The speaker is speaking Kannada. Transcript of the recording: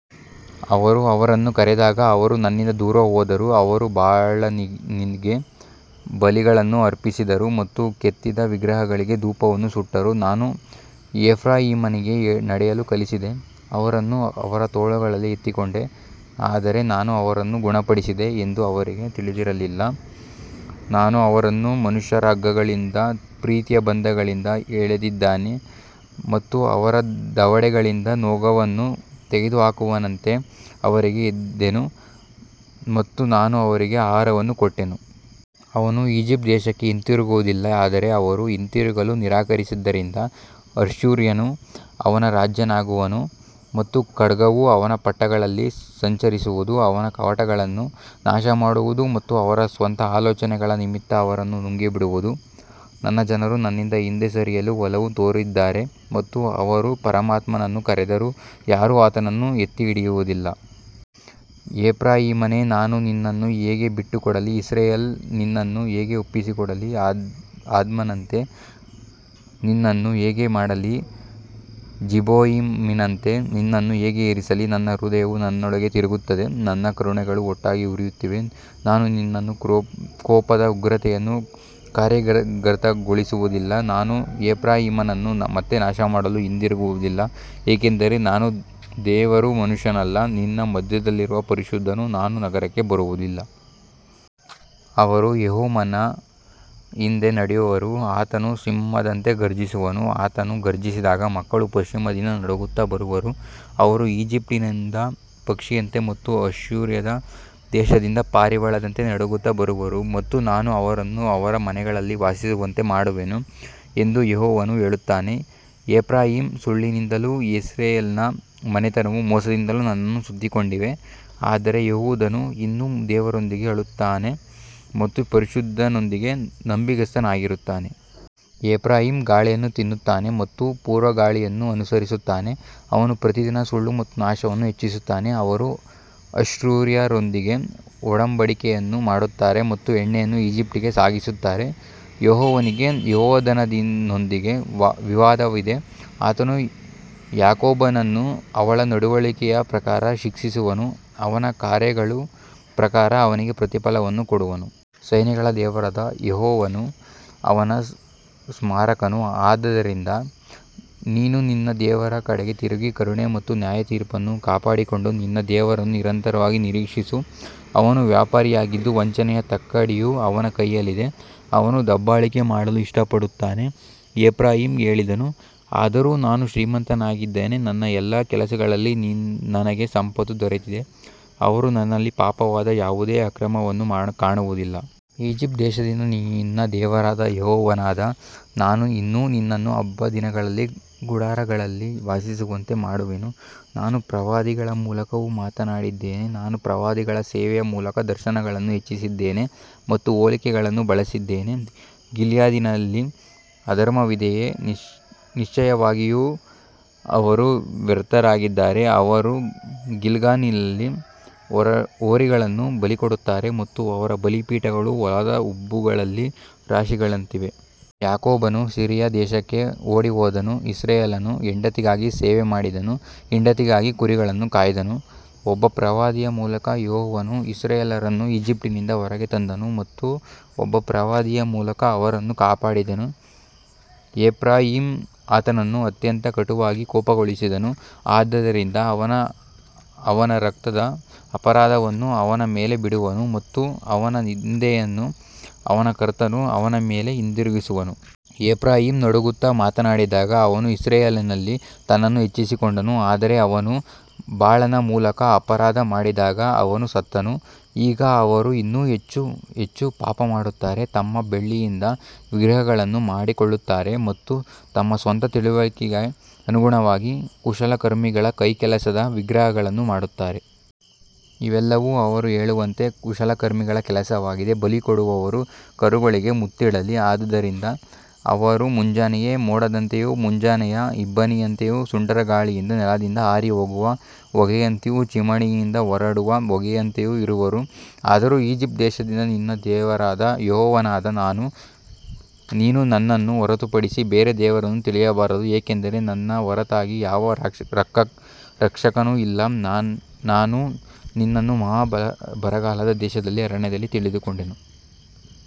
ಅವರು ಅವರನ್ನು ಕರೆದಾಗ ಅವರು ನನ್ನಿಂದ ದೂರ ಹೋದರು, ಅವರು ಬಾಳನಿಗೆ ಬಲಿಗಳನ್ನು ಅರ್ಪಿಸಿದರು ಮತ್ತು ಕೆತ್ತಿದ ವಿಗ್ರಹಗಳಿಗೆ ಧೂಪವನ್ನು ಸುಟ್ಟರು. ನಾನು ಎಫ್ರಾಯೀಮನಿಗೆ ನಡೆಯಲು ಕಲಿಸಿದೆ, ಅವರನ್ನು ಅವರ ತೋಳುಗಳಲ್ಲಿ ಎತ್ತಿಕೊಂಡೆ, ಆದರೆ ನಾನು ಅವರನ್ನು ಗುಣಪಡಿಸಿದೆ ಎಂದು ಅವರಿಗೆ ತಿಳಿದಿರಲಿಲ್ಲ. ನಾನು ಅವರನ್ನು ಮನುಷ್ಯರ ಹಗ್ಗಗಳಿಂದ, ಪ್ರೀತಿಯ ಬಂಧಗಳಿಂದ ಎಳೆದಿದ್ದೇನೆ, ಮತ್ತು ಅವರ ದವಡೆಗಳಿಂದ ನೊಗವನ್ನು ತೆಗೆದುಹಾಕುವವನಂತೆ ಅವರಿಗೆ ಇದ್ದೆನು, ಮತ್ತು ನಾನು ಅವರಿಗೆ ಆಹಾರವನ್ನು ಕೊಟ್ಟೆನು. ಅವನು ಈಜಿಪ್ಟ್ ದೇಶಕ್ಕೆ ಹಿಂತಿರುಗುವುದಿಲ್ಲ, ಆದರೆ ಅವರು ಹಿಂತಿರುಗಲು ನಿರಾಕರಿಸಿದ್ದರಿಂದ ಅಶ್ಶೂರ್ಯನು ಅವನ ರಾಜನಾಗುವನು, ಮತ್ತು ಖಡ್ಗವು ಅವನ ಪಟ್ಟಣಗಳಲ್ಲಿ ಸಂಚರಿಸುವುದು, ಅವನ ಕವಾಟಗಳನ್ನು ನಾಶಮಾಡುವುದು ಮತ್ತು ಅವರ ಸ್ವಂತ ಆಲೋಚನೆಗಳ ನಿಮಿತ್ತ ಅವರನ್ನು ನುಂಗಿಬಿಡುವುದು. ನನ್ನ ಜನರು ನನ್ನಿಂದ ಹಿಂದೆ ಸರಿಯಲು ಒಲವು ತೋರಿದ್ದಾರೆ, ಮತ್ತು ಅವರು ಪರಮಾತ್ಮನನ್ನು ಕರೆದರೂ ಯಾರೂ ಆತನನ್ನು ಎತ್ತಿಹಿಡಿಯುವುದಿಲ್ಲ. ಎಫ್ರಾಯೀಮನೇ, ನಾನು ನಿನ್ನನ್ನು ಹೇಗೆ ಬಿಟ್ಟುಕೊಡಲಿ, ಇಸ್ರಾಯೇಲೇ, ನಿನ್ನನ್ನು ಹೇಗೆ ಒಪ್ಪಿಸಿಕೊಡಲಿ, ಅದ್ಮನಂತೆ ನಿನ್ನನ್ನು ಹೇಗೆ ಮಾಡಲಿ, ಜೆಬೋಯಿಮಿನಂತೆ ನಿನ್ನನ್ನು ಹೇಗೆ ಇರಿಸಲಿ. ನನ್ನ ಹೃದಯವು ನನ್ನೊಳಗೆ ತಿರುಗುತ್ತದೆ, ನನ್ನ ಕರುಣೆಗಳು ಒಟ್ಟಾಗಿ ಉರಿಯುತ್ತಿವೆ. ನಾನು ನನ್ನ ಕೋಪದ ಉಗ್ರತೆಯನ್ನು ಕಾರ್ಯಗತಗೊಳಿಸುವುದಿಲ್ಲ, ನಾನು ಎಫ್ರಾಯೀಮನನ್ನು ಮತ್ತೆ ನಾಶಮಾಡಲು ಹಿಂದಿರುಗುವುದಿಲ್ಲ, ಏಕೆಂದರೆ ನಾನು ದೇವರು, ಮನುಷ್ಯನಲ್ಲ, ನಿನ್ನ ಮಧ್ಯದಲ್ಲಿರುವ ಪರಿಶುದ್ಧನು, ನಾನು ನಗರಕ್ಕೆ ಬರುವುದಿಲ್ಲ. ಅವರು ಯೆಹೋವನ ಹಿಂದೆ ನಡೆಯುವರು, ಆತನು ಸಿಂಹದಂತೆ ಘರ್ಜಿಸುವನು, ಆತನು ಘರ್ಜಿಸಿದಾಗ ಮಕ್ಕಳು ಪಶ್ಚಿಮದಿಂದ ನಡುಗುತ್ತಾ ಬರುವರು. ಅವರು ಈಜಿಪ್ಟಿನಿಂದ ಪಕ್ಷಿಯಂತೆ ಮತ್ತು ಅಶ್ಶೂರದ ದೇಶದಿಂದ ಪಾರಿವಾಳದಂತೆ ನಡುಗುತ್ತಾ ಬರುವರು, ಮತ್ತು ನಾನು ಅವರನ್ನು ಅವರ ಮನೆಗಳಲ್ಲಿ ವಾಸಿಸುವಂತೆ ಮಾಡುವೆನು ಎಂದು ಯೆಹೋವನು ಹೇಳುತ್ತಾನೆ. ಎಫ್ರಾಯೀಮ್ ಸುಳ್ಳಿನಿಂದಲೂ ಇಸ್ರಾಯೇಲಿನ ಮನೆತನವು ಮೋಸದಿಂದಲೂ ನನ್ನನ್ನು ಸುತ್ತಿಕೊಂಡಿವೆ, ಆದರೆ ಯೆಹೂದನು ಇನ್ನೂ ದೇವರೊಂದಿಗೆ ಆಳುತ್ತಾನೆ ಮತ್ತು ಪರಿಶುದ್ಧನೊಂದಿಗೆ ನಂಬಿಗಸ್ತನಾಗಿರುತ್ತಾನೆ. ಎಫ್ರಾಯೀಮ್ ಗಾಳಿಯನ್ನು ತಿನ್ನುತ್ತಾನೆ ಮತ್ತು ಪೂರ್ವಗಾಳಿಯನ್ನು ಅನುಸರಿಸುತ್ತಾನೆ, ಅವನು ಪ್ರತಿದಿನ ಸುಳ್ಳು ಮತ್ತು ನಾಶವನ್ನು ಹೆಚ್ಚಿಸುತ್ತಾನೆ, ಅವರು ಅಶ್ಶೂರ್ಯರೊಂದಿಗೆ ಒಡಂಬಡಿಕೆಯನ್ನು ಮಾಡುತ್ತಾರೆ ಮತ್ತು ಎಣ್ಣೆಯನ್ನು ಈಜಿಪ್ಟಿಗೆ ಸಾಗಿಸುತ್ತಾರೆ. ಯೆಹೋವನಿಗೆ ಯೆಹೂದನೊಂದಿಗೆ ವಿವಾದವಿದೆ, ಆತನು ಯಾಕೋಬನನ್ನು ಅವನ ನಡವಳಿಕೆಯ ಪ್ರಕಾರ ಶಿಕ್ಷಿಸುವನು, ಅವನ ಕಾರ್ಯಗಳ ಪ್ರಕಾರ ಅವನಿಗೆ ಪ್ರತಿಫಲವನ್ನು ಕೊಡುವನು. ಸೈನ್ಯಗಳ ದೇವರಾದ ಯೆಹೋವನು ಅವನ ಸ್ಮಾರಕನು. ಆದದರಿಂದ ನೀನು ನಿನ್ನ ದೇವರ ಕಡೆಗೆ ತಿರುಗಿ, ಕರುಣೆ ಮತ್ತು ನ್ಯಾಯತೀರ್ಪನ್ನು ಕಾಪಾಡಿಕೊಂಡು, ನಿನ್ನ ದೇವರನ್ನು ನಿರಂತರವಾಗಿ ನಿರೀಕ್ಷಿಸು. ಅವನು ವ್ಯಾಪಾರಿಯಾಗಿದ್ದು, ವಂಚನೆಯ ತಕ್ಕಡಿಯು ಅವನ ಕೈಯಲ್ಲಿದೆ, ಅವನು ದಬ್ಬಾಳಿಕೆ ಮಾಡಲು ಇಷ್ಟಪಡುತ್ತಾನೆ. ಎಫ್ರಾಯೀಮ್ ಹೇಳಿದನು, ಆದರೂ ನಾನು ಶ್ರೀಮಂತನಾಗಿದ್ದೇನೆ, ನನ್ನ ಎಲ್ಲಾ ಕೆಲಸಗಳಲ್ಲಿ ನನಗೆ ಸಂಪತ್ತು ದೊರೆತಿದೆ, ಅವರು ನನ್ನಲ್ಲಿ ಪಾಪವಾದ ಯಾವುದೇ ಅಕ್ರಮವನ್ನು ಕಾಣುವುದಿಲ್ಲ. ಈಜಿಪ್ಟ್ ದೇಶದಿಂದ ನಿನ್ನ ದೇವರಾದ ಯೆಹೋವನಾದ ನಾನು ಇನ್ನೂ ನಿನ್ನನ್ನು ಹಬ್ಬದ ದಿನಗಳಲ್ಲಿ ಗುಡಾರಗಳಲ್ಲಿ ವಾಸಿಸುವಂತೆ ಮಾಡುವೆನು. ನಾನು ಪ್ರವಾದಿಗಳ ಮೂಲಕವೂ ಮಾತನಾಡಿದ್ದೇನೆ, ನಾನು ಪ್ರವಾದಿಗಳ ಸೇವೆಯ ಮೂಲಕ ದರ್ಶನಗಳನ್ನು ಹೆಚ್ಚಿಸಿದ್ದೇನೆ ಮತ್ತು ಹೋಲಿಕೆಗಳನ್ನು ಬಳಸಿದ್ದೇನೆ. ಗಿಲ್ಯಾದಿನಲ್ಲಿ ಅಧರ್ಮವಿದೆಯೇ, ನಿಶ್ಚಯವಾಗಿಯೂ ಅವರು ವ್ಯರ್ಥರಾಗಿದ್ದಾರೆ. ಅವರು ಗಿಲ್ಗಾಲಿನಲ್ಲಿ ಹೋರಿಗಳನ್ನು ಬಲಿಕೊಡುತ್ತಾರೆ, ಮತ್ತು ಅವರ ಬಲಿಪೀಠಗಳು ಹೊಲದ ಉಬ್ಬುಗಳಲ್ಲಿ ರಾಶಿಗಳಂತಿವೆ. ಯಾಕೋಬನು ಸಿರಿಯಾ ದೇಶಕ್ಕೆ ಓಡಿಹೋದನು, ಇಸ್ರಾಯೇಲನು ಹೆಂಡತಿಗಾಗಿ ಸೇವೆಮಾಡಿದನು, ಹೆಂಡತಿಗಾಗಿ ಕುರಿಗಳನ್ನು ಕಾಯ್ದನು. ಒಬ್ಬ ಪ್ರವಾದಿಯ ಮೂಲಕ ಯೆಹೋವನು ಇಸ್ರಾಯೇಲರನ್ನು ಈಜಿಪ್ಟಿನಿಂದ ಹೊರಗೆ ತಂದನು, ಮತ್ತು ಒಬ್ಬ ಪ್ರವಾದಿಯ ಮೂಲಕ ಅವರನ್ನು ಕಾಪಾಡಿದನು. ಎಫ್ರಾಯೀಮ್ ಆತನನ್ನು ಅತ್ಯಂತ ಕಟುವಾಗಿ ಕೋಪಗೊಳಿಸಿದನು, ಆದದರಿಂದ ಅವನು ಅವನ ರಕ್ತದ ಅಪರಾಧವನ್ನು ಅವನ ಮೇಲೆ ಬಿಡುವನು ಮತ್ತು ಅವನ ನಿಂದೆಯನ್ನು ಅವನ ಕರ್ತನು ಅವನ ಮೇಲೆ ಹಿಂದಿರುಗಿಸುವನು. ಎಫ್ರಾಯೀಮ್ ನಡುಗುತ್ತಾ ಮಾತನಾಡಿದಾಗ ಅವನು ಇಸ್ರಾಯೇಲಿನಲ್ಲಿ ತನ್ನನ್ನು ಹೆಚ್ಚಿಸಿಕೊಂಡನು, ಆದರೆ ಅವನು ಬಾಳನ ಮೂಲಕ ಅಪರಾಧ ಮಾಡಿದಾಗ ಅವನು ಸತ್ತನು. ಈಗ ಅವರು ಇನ್ನೂ ಹೆಚ್ಚು ಹೆಚ್ಚು ಪಾಪಮಾಡುತ್ತಾರೆ, ತಮ್ಮ ಬೆಳ್ಳಿಯಿಂದ ವಿಗ್ರಹಗಳನ್ನು ಮಾಡಿಕೊಳ್ಳುತ್ತಾರೆ ಮತ್ತು ತಮ್ಮ ಸ್ವಂತ ತಿಳುವಳಿಕೆಗೆ ಅನುಗುಣವಾಗಿ ಕುಶಲಕರ್ಮಿಗಳ ಕೈಕೆಲಸದ ವಿಗ್ರಹಗಳನ್ನು ಮಾಡುತ್ತಾರೆ. ಇವೆಲ್ಲವೂ ಅವರೇ ಹೇಳುವಂತೆ ಕುಶಲಕರ್ಮಿಗಳ ಕೆಲಸವಾಗಿದೆ. ಬಲಿಕೊಡುವವರು ಕರುಗಳಿಗೆ ಮುತ್ತಿಡಲಿ. ಆದದರಿಂದ ಅವರು ಮುಂಜಾನೆಯ ಮೋಡದಂತೆಯೂ, ಮುಂಜಾನೆಯ ಇಬ್ಬನಿಯಂತೆಯೂ, ಸುಂಟರಗಾಳಿಯಿಂದ ನೆಲದಿಂದ ಹಾರಿಹೋಗುವ ಹೊಗೆಯಂತೆಯೂ, ಚಿಮಣಿಯಿಂದ ಹೊರಡುವ ಹೊಗೆಯಂತೆಯೂ ಇರುವರು. ಆದರೂ ಈಜಿಪ್ಟ್ ದೇಶದಿಂದ ನಿನ್ನ ದೇವರಾದ ಯೆಹೋವನಾದ ನಾನು, ನೀನು ನನ್ನನ್ನು ಹೊರತುಪಡಿಸಿ ಬೇರೆ ದೇವರನ್ನು ತಿಳಿಯಬಾರದು, ಏಕೆಂದರೆ ನನ್ನ ಹೊರತಾಗಿ ಯಾವ ರಕ್ಷಕನೂ ಇಲ್ಲ. ನಾನು ನಿನ್ನನ್ನು ಮಹಾ ಬರಗಾಲದ ದೇಶದಲ್ಲಿ, ಅರಣ್ಯದಲ್ಲಿ ತಿಳಿದುಕೊಂಡೆನು.